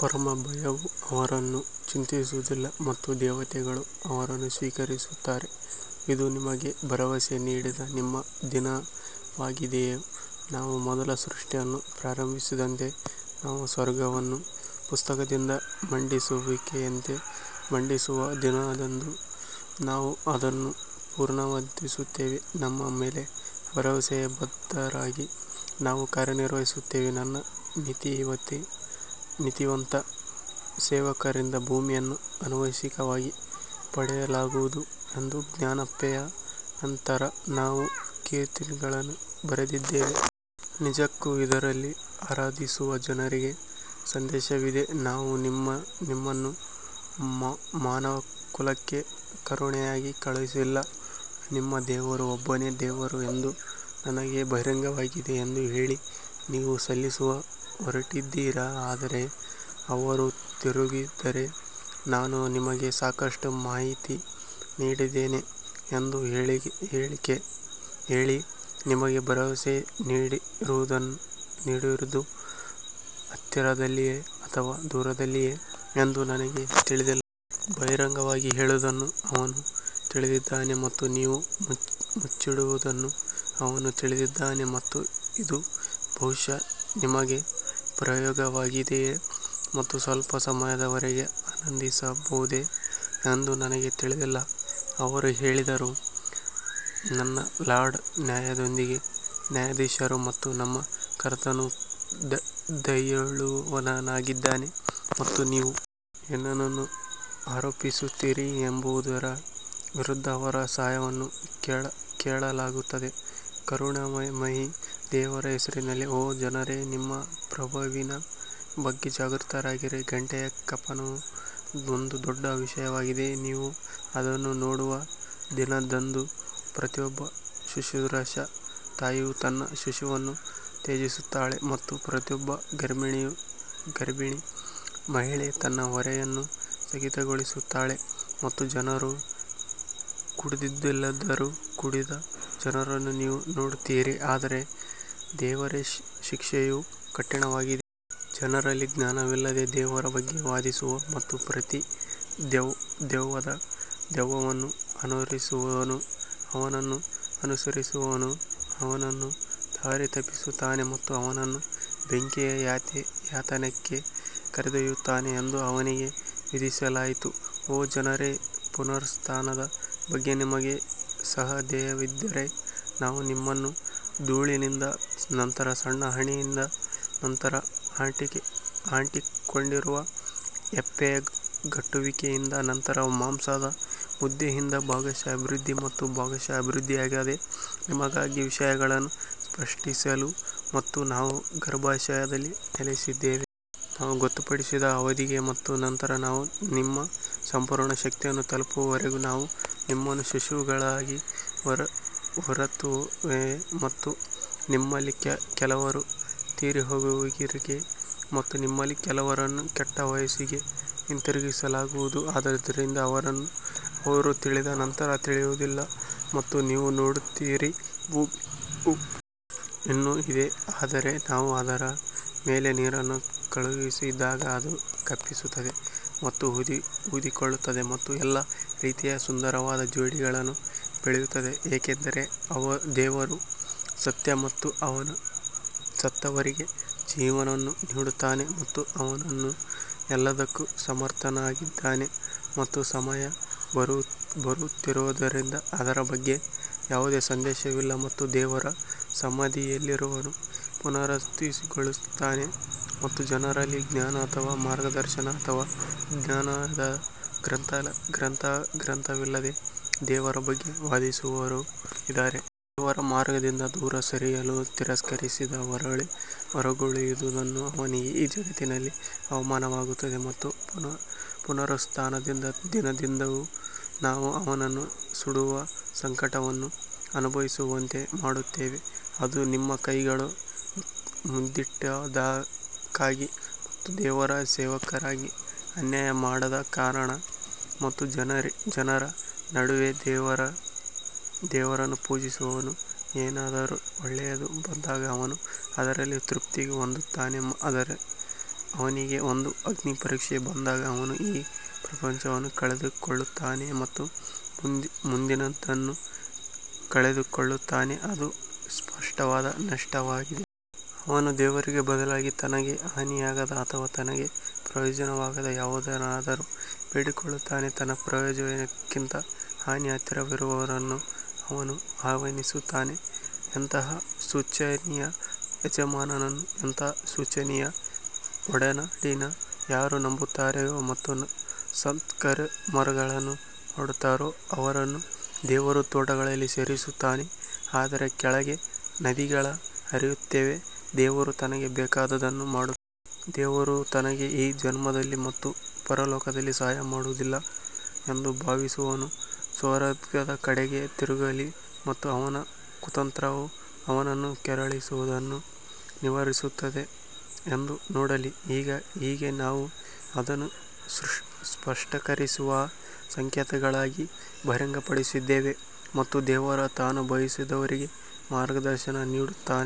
ಪರಮ ಭಯವು ಅವರನ್ನು ಚಿಂತಿಸುವುದಿಲ್ಲ ಮತ್ತು ದೇವತೆಗಳು ಅವರನ್ನು ಸ್ವೀಕರಿಸುತ್ತಾರೆ ಇದು ನಿಮಗೆ ಭರವಸೆ ನೀಡಿದ ನಿಮ್ಮ ದಿನವಾಗಿದೆ ನಾವು ಮೊದಲ ಸೃಷ್ಟಿಯನ್ನು ಪ್ರಾರಂಭಿಸಿದಂತೆಯೇ ನಾವು ಸ್ವರ್ಗವನ್ನು ಪುಸ್ತಕದ ಮಡಿಸುವಿಕೆಯಂತೆ ಮಡಿಸುವ ದಿನದಂದು ನಾವು ಅದನ್ನು ಪುನರಾವರ್ತಿಸುತ್ತೇವೆ ನಮ್ಮ ಮೇಲೆ ಭರವಸೆಯ ಬದ್ಧರಾಗಿ ನಾವು ಕಾರ್ಯನಿರ್ವಹಿಸುತ್ತೇವೆ ನನ್ನ ನೀತಿವಂತ ಸೇವಕರಿಂದ ಭೂಮಿಯನ್ನು ಆನುವಂಶಿಕವಾಗಿ ಪಡೆಯಲಾಗುವುದು ಎಂದು ಜ್ಞಾಪನೆಯ ನಂತರ ನಾವು ಕೀರ್ತನೆಗಳಲ್ಲಿ ಬರೆದಿದ್ದೇವೆ. ನಿಜಕ್ಕೂ ಇದರಲ್ಲಿ ಆರಾಧಿಸುವ ಜನರಿಗೆ ಸಂದೇಶವಿದೆ ನಾವು ನಿಮ್ಮನ್ನು ಮಾನವಕುಲಕ್ಕೆ ಕರುಣೆಯಾಗಿ ಕಳುಹಿಸಿಲ್ಲ ನಿಮ್ಮ ದೇವರು ಒಬ್ಬನೇ ದೇವರು ಎಂದು ನನಗೆ ಬಹಿರಂಗವಾಗಿದೆ ಎಂದು ಹೇಳಿ ನೀವು ಸಲ್ಲಿಸಲು ಹೊರಟಿದ್ದೀರಾ ಆದರೆ ಅವರು ತಿರುಗಿದರೆ, ನಾನು ನಿಮಗೆ ಸಾಕಷ್ಟು ಮಾಹಿತಿ ನೀಡಿದ್ದೇನೆ ಎಂದು ಹೇಳಿ, ನಿಮಗೆ ಭರವಸೆ ನೀಡಿರುವುದು ಹತ್ತಿರದಲ್ಲಿದೆಯೇ ಅಥವಾ ದೂರದಲ್ಲಿದೆಯೇ ಎಂದು ನನಗೆ ತಿಳಿದಿಲ್ಲ. ಬಹಿರಂಗವಾಗಿ ಹೇಳುವುದನ್ನು ಅವನು ತಿಳಿದಿದ್ದಾನೆ ಮತ್ತು ನೀವು ಮುಚ್ಚಿಡುವುದನ್ನು ಅವನು ತಿಳಿದಿದ್ದಾನೆ ಮತ್ತು ಇದು ಬಹುಶಃ ನಿಮಗೆ ಪ್ರಯೋಗವಾಗಿದೆಯೇ ಮತ್ತು ಸ್ವಲ್ಪ ಸಮಯದವರೆಗೆ ಆನಂದಿಸಬಹುದೇ ಎಂದು ನನಗೆ ತಿಳಿದಿಲ್ಲ ಅವರು ಹೇಳಿದರು ನನ್ನ ಲಾರ್ಡ್ ನ್ಯಾಯದೊಂದಿಗೆ ನ್ಯಾಯಾಧೀಶರು ಮತ್ತು ನಮ್ಮ ಕರ್ತನು ದಯೆಯುಳ್ಳವನಾಗಿದ್ದಾನೆ ಮತ್ತು ನೀವು ಏನನ್ನು ಆರೋಪಿಸುತ್ತೀರಿ ಎಂಬುದರ ವಿರುದ್ಧ ಅವರ ಸಹಾಯವನ್ನು ಕೇಳಲಾಗುತ್ತದೆ ಕರುಣಾಮಯಿ ದೇವರ ಹೆಸರಿನಲ್ಲಿ ಓ ಜನರೇ ನಿಮ್ಮ ಪ್ರಭುವಿನ ಬಗ್ಗೆ ಜಾಗೃತರಾಗಿರಿ ಗಂಟೆಯ ಕಂಪನವು ಒಂದು ದೊಡ್ಡ ವಿಷಯವಾಗಿದೆ ನೀವು ಅದನ್ನು ನೋಡುವ ದಿನದಂದು ಪ್ರತಿಯೊಬ್ಬ ಶುಶ್ರೂಷಾ ತಾಯಿಯು ತನ್ನ ಶಿಶುವನ್ನು ತ್ಯಜಿಸುತ್ತಾಳೆ ಮತ್ತು ಪ್ರತಿಯೊಬ್ಬ ಗರ್ಭಿಣಿ ಮಹಿಳೆ ತನ್ನ ಹೊರೆಯನ್ನು ಸ್ಥಗಿತಗೊಳಿಸುತ್ತಾಳೆ ಮತ್ತು ಜನರು ಕುಡಿದಿಲ್ಲದಿದ್ದರೂ ಕುಡಿದ ಜನರನ್ನು ನೀವು ನೋಡುತ್ತೀರಿ ಆದರೆ ದೇವರ ಶಿಕ್ಷೆಯು ಕಠಿಣವಾಗಿದೆ. ಜನರಲ್ಲಿ ಜ್ಞಾನವಿಲ್ಲದೆ ದೇವರ ಬಗ್ಗೆ ವಾದಿಸುವ ಮತ್ತು ಪ್ರತಿ ದೆವ್ವದ ದೆವ್ವವನ್ನು ಅನುಸರಿಸುವವನು ಅವನನ್ನು ಅನುಸರಿಸುವವನು ಅವನನ್ನು ದಾರಿ ತಪ್ಪಿಸುತ್ತಾನೆ ಮತ್ತು ಅವನನ್ನು ಬೆಂಕಿಯ ಯಾತನೆಗೆ ಕರೆದೊಯ್ಯುತ್ತಾನೆ ಎಂದು ಅವನಿಗೆ ವಿಧಿಸಲಾಯಿತು. ಓ ಜನರೇ, ಪುನರುತ್ಥಾನದ ಬಗ್ಗೆ ನಿಮಗೆ ಸಂದೇಹವಿದ್ದರೆ ನಾವು ನಿಮ್ಮನ್ನು ಧೂಳಿನಿಂದ ನಂತರ ಸಣ್ಣ ಹನಿಯಿಂದ ನಂತರ ಅಂಟಿಕೊಂಡಿರುವ ಹೆಪ್ಪುಗಟ್ಟುವಿಕೆಯಿಂದ ನಂತರ ಮಾಂಸದ ಮುದ್ದೆಯಿಂದ ಭಾಗಶಃ ಅಭಿವೃದ್ಧಿ ಮತ್ತು ಭಾಗಶಃ ಅಭಿವೃದ್ಧಿಯಾಗದೆ ನಿಮಗಾಗಿ ವಿಷಯಗಳನ್ನು ಸ್ಪಷ್ಟಪಡಿಸಲು ಮತ್ತು ನಾವು ಗರ್ಭಾಶಯದಲ್ಲಿ ನೆಲೆಸಿದ್ದೇವೆ. ನಾವು ಗೊತ್ತುಪಡಿಸಿದ ಅವಧಿಗೆ ಮತ್ತು ನಂತರ ನಾವು ನಿಮ್ಮ ಸಂಪೂರ್ಣ ಶಕ್ತಿಯನ್ನು ತಲುಪುವವರೆಗೆ ನಾವು ನಿಮ್ಮನ್ನು ಶಿಶುಗಳಾಗಿ ಹೊರತರುತ್ತೇವೆ ಮತ್ತು ನಿಮ್ಮಲ್ಲಿ ಕೆಲವರು ತೀರಿಹೋಗುವಿರಿ ಮತ್ತು ನಿಮ್ಮಲ್ಲಿ ಕೆಲವರನ್ನು ಕೆಟ್ಟ ವಯಸ್ಸಿಗೆ ಹಿಂತಿರುಗಿಸಲಾಗುವುದು ಆದ್ದರಿಂದ ಅವರು ತಿಳಿದ ನಂತರ ತಿಳಿಯುವುದಿಲ್ಲ ಮತ್ತು ನೀವು ನೋಡುತ್ತೀರಿ. ಭೂಮಿಯು ಇನ್ನೂ ಇದೆ ಆದರೆ ನಾವು ಅದರ ಮೇಲೆ ನೀರನ್ನು ಕಳುಹಿಸಿದಾಗ ಅದು ಕಂಪಿಸುತ್ತದೆ ಮತ್ತು ಊದಿಕೊಳ್ಳುತ್ತದೆ ಮತ್ತು ಎಲ್ಲಾ ರೀತಿಯ ಸುಂದರವಾದ ಜೋಡಿಗಳನ್ನು ಬೆಳೆಯುತ್ತದೆ ಏಕೆಂದರೆ ದೇವರು ಸತ್ಯ ಮತ್ತು ಅವನು ಸತ್ತವರಿಗೆ ಜೀವವನ್ನು ನೀಡುತ್ತಾನೆ ಮತ್ತು ಅವನು ಎಲ್ಲದಕ್ಕೂ ಸಮರ್ಥನಾಗಿದ್ದಾನೆ ಮತ್ತು ಸಮಯ ಬರುತ್ತಿರುವುದರಿಂದ ಅದರ ಬಗ್ಗೆ ಯಾವುದೇ ಸಂದೇಹವಿಲ್ಲ ಮತ್ತು ದೇವರು ಸಮಾಧಿಯಲ್ಲಿರುವವರನ್ನು ಪುನರುತ್ಥಾನಗೊಳಿಸುತ್ತಾನೆ ಮತ್ತು ಜನರಲ್ಲಿ ಜ್ಞಾನ ಅಥವಾ ಮಾರ್ಗದರ್ಶನ ಅಥವಾ ಜ್ಞಾನೋದಯ ಗ್ರಂಥವಿಲ್ಲದೆ ದೇವರ ಬಗ್ಗೆ ವಾದಿಸುವವರು ಇದ್ದಾರೆ. ದೇವರ ಮಾರ್ಗದಿಂದ ದೂರ ಸರಿಯಲು ತಿರಸ್ಕಾರದಿಂದ ಹೊರಗುಳಿಯುವುದು ಅವನಿಗೆ ಈ ಜಗತ್ತಿನಲ್ಲಿ ಅವಮಾನವಾಗುತ್ತದೆ ಮತ್ತು ಪುನರುತ್ಥಾನದ ದಿನದಂದು ನಾವು ಅವನನ್ನು ಸುಡುವ ಸಂಕಟವನ್ನು ಅನುಭವಿಸುವಂತೆ ಮಾಡುತ್ತೇವೆ. ಅದು ನಿಮ್ಮ ಕೈಗಳು ಮುಂದಿಟ್ಟದ್ದಕ್ಕಾಗಿ ಮತ್ತು ದೇವರು ಸೇವಕರಿಗೆ ಅನ್ಯಾಯ ಮಾಡದ ಕಾರಣ ಮತ್ತು ಜನರ ನಡುವೆ ದೇವರನ್ನು ಪೂಜಿಸುವವನು ಏನಾದರೂ ಒಳ್ಳೆಯದು ಬಂದಾಗ ಅವನು ಅದರಲ್ಲಿ ತೃಪ್ತಿ ಹೊಂದುತ್ತಾನೆ ಆದರೆ ಅವನಿಗೆ ಒಂದು ಅಗ್ನಿಪರೀಕ್ಷೆ ಬಂದಾಗ ಅವನು ಈ ಪ್ರಪಂಚವನ್ನು ಕಳೆದುಕೊಳ್ಳುತ್ತಾನೆ ಮತ್ತು ಮುಂದಿನದನ್ನು ಕಳೆದುಕೊಳ್ಳುತ್ತಾನೆ ಅದು ಸ್ಪಷ್ಟವಾದ ನಷ್ಟವಾಗಿದೆ. ಅವನು ದೇವರಿಗೆ ಬದಲಾಗಿ ತನಗೆ ಹಾನಿಯಾಗದ ಅಥವಾ ತನಗೆ ಪ್ರಯೋಜನವಾಗದ ಯಾವುದನ್ನಾದರೂ ಬೇಡಿಕೊಳ್ಳುತ್ತಾನೆ ತನ್ನ ಪ್ರಯೋಜನಕ್ಕಿಂತ ಹಾನಿ ಹತ್ತಿರವಿರುವವರನ್ನು ಅವನು ಆಹ್ವಾನಿಸುತ್ತಾನೆ, ಎಂತಹ ಶೋಚನೀಯ ಯಜಮಾನನು ಎಂತಹ ಶೋಚನೀಯ ಒಡನಾಡಿ ಯಾರು ನಂಬುತ್ತಾರೋ ಮತ್ತು ಸತ್ಕರ್ಮಗಳನ್ನು ಮಾಡುತ್ತಾರೋ ಅವರನ್ನು ದೇವರು ತೋಟಗಳಲ್ಲಿ ಸೇರಿಸುತ್ತಾನೆ, ಅದರ ಕೆಳಗೆ ನದಿಗಳು ಹರಿಯುತ್ತವೆ, ದೇವರು ತನಗೆ ಬೇಕಾದುದನ್ನು ಮಾಡುತ್ತಾನೆ. ದೇವರು ತನಗೆ ಈ ಜನ್ಮದಲ್ಲಿ ಮತ್ತು ಪರಲೋಕದಲ್ಲಿ ಸಹಾಯ ಮಾಡುವುದಿಲ್ಲ ಎಂದು ಭಾವಿಸುವವನು ಸ್ವರ್ಗದ ಕಡೆಗೆ ತಿರುಗಲಿ ಮತ್ತು ಅವನ ಕುತಂತ್ರವು ಅವನನ್ನು ಕೆರಳಿಸುವದನ್ನು ನಿವಾರಿಸುತ್ತದೆಯೇ ಎಂದು ನೋಡಲಿ. ಹೀಗೆ ನಾವು ಅದನ್ನು ಸ್ಪಷ್ಟೀಕರಿಸುವ ಸಂಕೇತಗಳಾಗಿ ಬಹಿರಂಗಪಡಿಸಿದ್ದೇವೆ ಮತ್ತು ದೇವರು ತಾನು ಬಯಸಿದವರಿಗೆ ಮಾರ್ಗದರ್ಶನ ನೀಡುತ್ತಾನೆ.